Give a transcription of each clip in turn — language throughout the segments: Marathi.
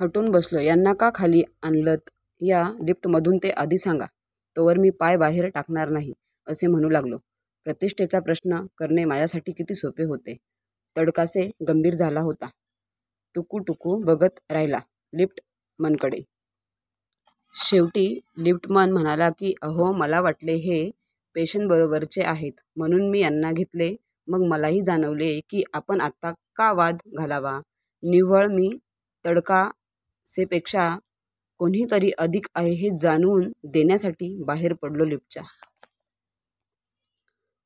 हटून बसलो. ह्यांना का खाली आणलंत या लिफ्टमधून ते आधी सांगा, तोवर मी पाय बाहेर टाकणार नाही असे म्हणू लागलो. प्रतिष्ठेचा प्रश्न करणे माझ्यासाठी किती सोपे होते. तडकासे गंभीर झाला होता. टुकूटुकू बघत राहिला लिफ्टमनकडे. शेवटी लिफ्टमन म्हणाला की अहो मला वाटले हे पेशंटबरोबरचे आहेत म्हणून मी यांना घेतले. मग मलाही जाणवले की आपण आत्ता का वाद घालावा? निव्वळ मी तडकासेपेक्षा कोणीतरी अधिक आहे हे जाणवून देण्यासाठी? बाहेर पडलो लिफ्टच्या.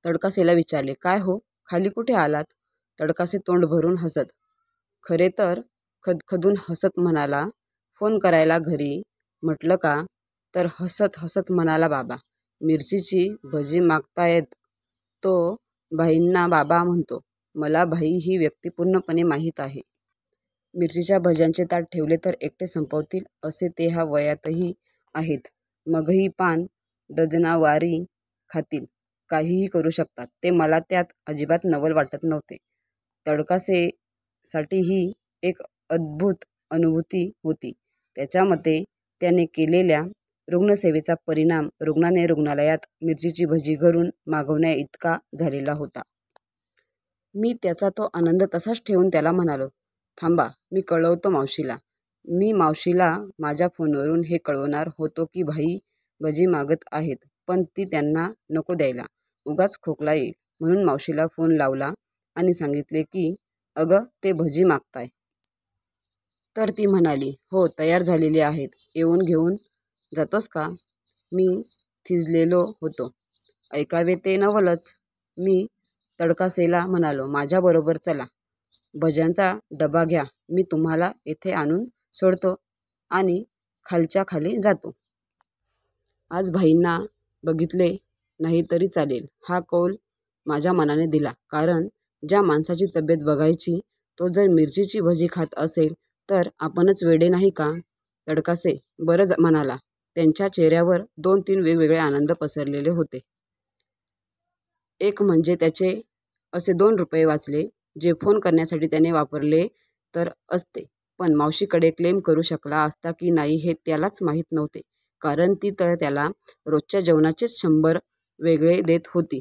तडकासेला विचारले. काय हो? खाली कुठे आलात? तडकासे तोंडभरून हसत, खरे तर खदखदून हसत म्हणाला फोन करायला घरी. म्हंटलं का? तर हसत हसत म्हणाला बाबा मिरचीची भजी मागतायत. तो भाईंना बाबा म्हणतो. मला भाई ही व्यक्ती पूर्णपणे माहीत आहे. मिरचीच्या भज्यांचे ताट ठेवले तर एकटे संपवतील असे ते या वयातही आहेत. मघई पान डझनावारी खातील. काहीही करू शकतात ते. मला त्यात अजिबात नवल वाटत नव्हते. तडकासेसाठी ही एक अद्भुत अनुभूती होती. त्याच्यामते त्याने केलेल्या रुग्णसेवेचा परिणाम रुग्णाने रुग्णालयात मिरचीची भजी घरून मागवण्याइतका झालेला होता. मी त्याचा तो आनंद तसाच ठेवून त्याला म्हणालो थांबा मी कळवतो मावशीला! मी मावशीला माझ्या फोनवरून हे कळवणार होतो की भाई भजी मागत आहेत पण ती त्यांना नको द्यायला, उगाच खोकला येईल. म्हणून मावशीला फोन लावला आणि सांगितले की अगं ते भजी मागतायत. तर ती म्हणाली हो तयार झालेली आहेत, येऊन घेऊन जातोस का? मी थिजलेलो होतो. ऐकावे ते नवलच! मी तडकासेला म्हणालो, माझ्याबरोबर चला, भज्यांचा डबा घ्या, मी तुम्हाला येथे आणून सोडतो आणि खालच्याखाली जातो. आज भाईंना बघितले नाही तरी चालेल हा कौल माझ्या मनाने दिला कारण ज्या माणसाची तब्येत बघायची तो जर मिरचीची भजी खात असेल तर आपणच वेडे नाही का? तडकासे बरं म्हणाला. त्याच्या चेहऱ्यावर दोन तीन वेगवेगळे आनंद पसरलेले होते. एक म्हणजे त्याचे असे दोन रुपये वाचले, जे फोन करण्यासाठी त्याने वापरले तर असते, पण मावशीकडे क्लेम करू शकला असता की नाही हे त्यालाच माहीत नव्हते कारण ती तर त्याला रोजच्या जेवणाचेच शंभर वेगळे देत होती.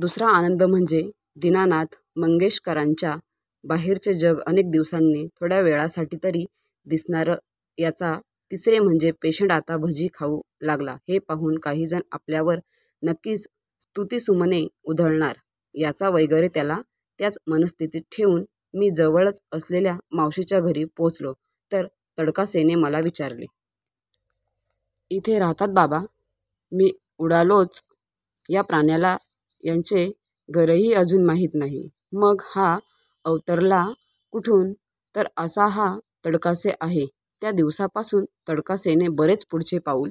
दुसरा आनंद म्हणजे दीनानाथ मंगेशकरच्या बाहेरचे जग अनेक दिवसांनी थोड्यावेळासाठी तरी दिसणार याचा! तिसरे म्हणजे पेशंट आता भजी खाऊ लागला हे पाहून काहीजण आपल्यावर नक्कीच स्तुतीसुमने उधळणार याचा वगैरे! त्याला त्याच मनस्थितीत ठेवून मी जवळच असलेल्या मावशीच्या घरी पोचलो तर तडकासेने मला विचारले. इथे राहतात बाबा? मी उडालोच. या प्राण्याला यांचे घरही अजून माहीत नाही? मग हा अवतरला कुठून? तर असा हा तडकासे आहे. त्या दिवसापासून तडकासेने बरेच पुढचे पाऊल